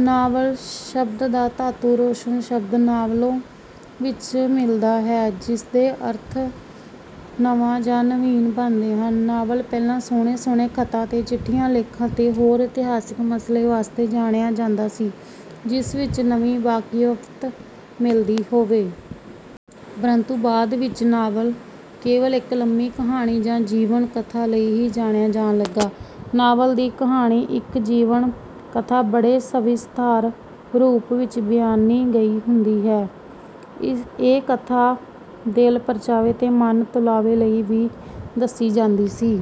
Novel ' ਸ਼ਬਦ ਦਾ ਧਾਤੂ ਰੋਸ਼ਨ ਸ਼ਬਦ ' ਨਾਵਲੋਂ ' ਵਿੱਚ ਮਿਲਦਾ ਹੈ ਜਿਸਦੇ ਅਰਥ ਨਵਾਂ ਜਾਂ ਨਵੀਨ ਬਣਦੇ ਹਨ ਨਾਵਲ ਪਹਿਲਾਂ ਸੋਹਣੇ ਸੋਹਣੇ ਖਤਾਂ ਤੇ ਚਿੱਠੀਆਂ ਲੇਖਾਂ ਤੇ ਹੋਰ ਇਤਿਹਾਸਿਕ ਮਸਲੇ ਵਾਸਤੇ ਜਾਣਿਆ ਜਾਂਦਾ ਸੀ ਜਿਸ ਵਿੱਚ ਨਵੀਂ ਵਾਕਫੀਅਤ ਮਿਲਦੀ ਹੋਵੇ। ਪਰੰਤੂ ਬਾਅਦ ਵਿੱਚ ਨਾਵਲ ਕੇਵਲ ਇੱਕ ਲੰਮੀ ਕਹਾਣੀ ਜਾਂ ਜੀਵਨ ਕਥਾ ਲਈ ਹੀ ਜਾਣਿਆ ਜਾਣ ਲੱਗਾ। ਨਾਵਲ ਦੀ ਕਹਾਣੀ ਇੱਕ ਜੀਵਨ ਕਥਾ ਬੜੇ ਸਵਿਸਥਾਰ ਰੂਪ ਵਿੱਚ ਬਿਆਨੀ ਗਈ ਹੁੰਦੀ ਹੈ। ਇਹ ਕਥਾ ਦਿਲ ਪਰਚਾਵੇ ਤੇ ਮਨ ਤੁਲਾਵੇ ਲਈ ਵੀ ਦੱਸੀ ਜਾਂਦੀ ਸੀ।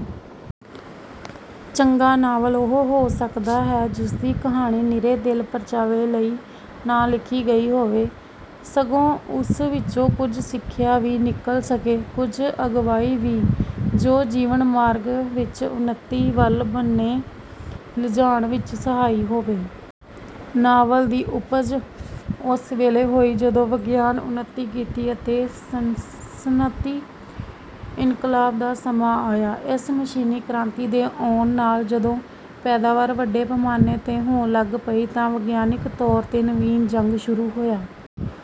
ਚੰਗਾ ਨਾਵਲ ਉਹੋ ਹੋ ਸਕਦਾ ਹੈ ਜਿਸ ਦੀ ਕਹਾਣੀ ਨਿਰੇ ਦਿਲ ਪਰਚਾਵੇ ਲਈ ਨਾ ਲਿਖੀ ਗਈ ਹੋਵੇ, ਸਗੋਂ ਉਸ ਵਿੱਚੋਂ ਕੁਝ ਸਿੱਖਿਆ ਵੀ ਨਿਕਲ ਸਕੇ ਕੁਝ ਅਗਵਾਈ ਵੀ, ਜ਼ੋ ਜੀਵਨ ਮਾਰਗ ਵਿੱਚ ਉੱਨਤੀ ਵੱਲ ਬੰਨੇ ਲਿਜਾਣ ਵਿੱਚ ਸਹਾਈ ਹੋਵੇ। ਨਾਵਲ ਦੀ ਉਪਜ ਉਸ ਵੇਲੇ ਹੋਈ ਜਦੋਂ ਵਿਗਿਆਨ ਉੱਨਤੀ ਕੀਤੀ ਅਤੇ ਸਨਅਤੀ-ਇਨਕਲਾਬ ਦਾ ਸਮਾਂ ਆਇਆ। ਇਸ ਮਸ਼ੀਨੀ ਕ੍ਰਾਂਤੀ ਦੇ ਆਉਣ ਨਾਲ ਜਦੋਂ ਪੈਦਾਵਾਰ ਵੱਡੇ ਪੈਮਾਨੇ ਤੇ ਹੋਣ ਲੱਗ ਪਈ ਤਾਂ ਵਿਗਿਆਨਕ ਤੌਰ ਤੇ ਨਵੀਨ ਜਗ ਸ਼ੁਰੂ ਹੋਇਆ।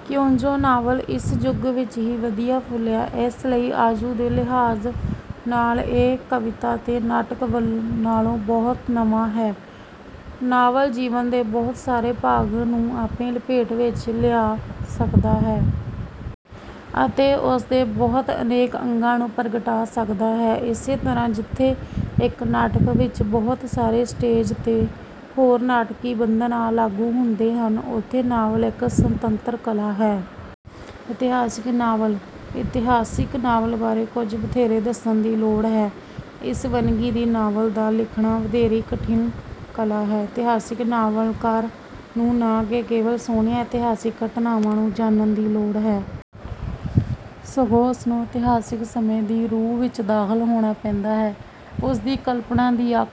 ਕਿਉਂਜੋ ਨਾਵਲ ਇਸ ਜੁਗ ਵਿੱਚ ਹੀ ਵਧੀਆ ਫੁਲਿਆ ਇਸ ਲਈ ਆਯੂ ਦੇ ਲਿਹਾਜ ਨਾਲ ਇਹ ਕਵਿਤਾ ਤੇ ਨਾਟਕ ਨਾਲੋਂ ਬਹੁਤ ਨਵਾਂ ਹੈ। ਨਾਵਲ ਜੀਵਨ ਦੇ ਬਹੁਤ ਸਾਰੇ ਭਾਗ ਨੂੰ ਆਪਣੀ ਲਪੇਟ ਵਿੱਚ ਲਿਆ ਸਕਦਾ ਹੈ। ਅਤੇ ਉਸ ਦੇ ਬਹੁਤੇ ਤੇ ਅਨੇਕ ਅੰਗਾਂ ਨੂੰ ਪ੍ਰਗਟਾ ਸਕਦਾ ਹੈ। ਇਸੇ ਤਰਾਂ ਜਿਥੇ ਇੱਕ ਨਾਟਕ ਵਿੱਚ ਬਹੁਤ ਸਾਰੇ ਸਟੇਜ਼ ਤੇ ਹੋਰ ਨਾਟਕੀ ਬੰਧਨ ਆ ਲਾਗੂ ਹੁੰਦੇ ਹਨ ਉਥੇ ਨਾਵਲ ਇੱਕ ਸੁਤੰਤਰ ਕਲਾ ਹੈ। ਇਤਿਹਾਸਿਕ ਨਾਵਲ:- ਇਤਿਹਾਸਿਕ ਨਾਵਲ ਬਾਰੇ ਕੁਝ ਵਧੇਰੇ ਦੱਸਣ ਦੀ ਲੋੜ ਹੈ। ਇਸ ਵੰਨਗੀ ਦੀ ਨਾਵਲ ਦਾ ਲਿਖਣਾ ਵਧੇਰੀ ਕਠਿਨ ਕਲਾ ਹੈ। ਇਤਿਹਾਸਿਕ ਨਾਵਲਕਾਰ ਨੂੰ ਨਾ ਕੇਵਲ ਸੋਣੀਆਂ ਇਤਿਹਾਸਿਕ ਘਟਨਾਵਾ ਨੂੰ ਜਾਨਣ ਦੀ ਲੋੜ ਹੈ। ਸਗੋਂ ਉਸ ਨੂੰ ਇਤਿਹਾਸਿਕ ਸਮੇਂ ਦੀ ਰੂਹ ਵਿੱਚ ਦਾਖਲ ਹੋਣਾ ਪੈਂਦਾ ਹੈ। ਉਸ ਦੀ ਕਲਪਨਾ ਦੀ ਅੱਖ...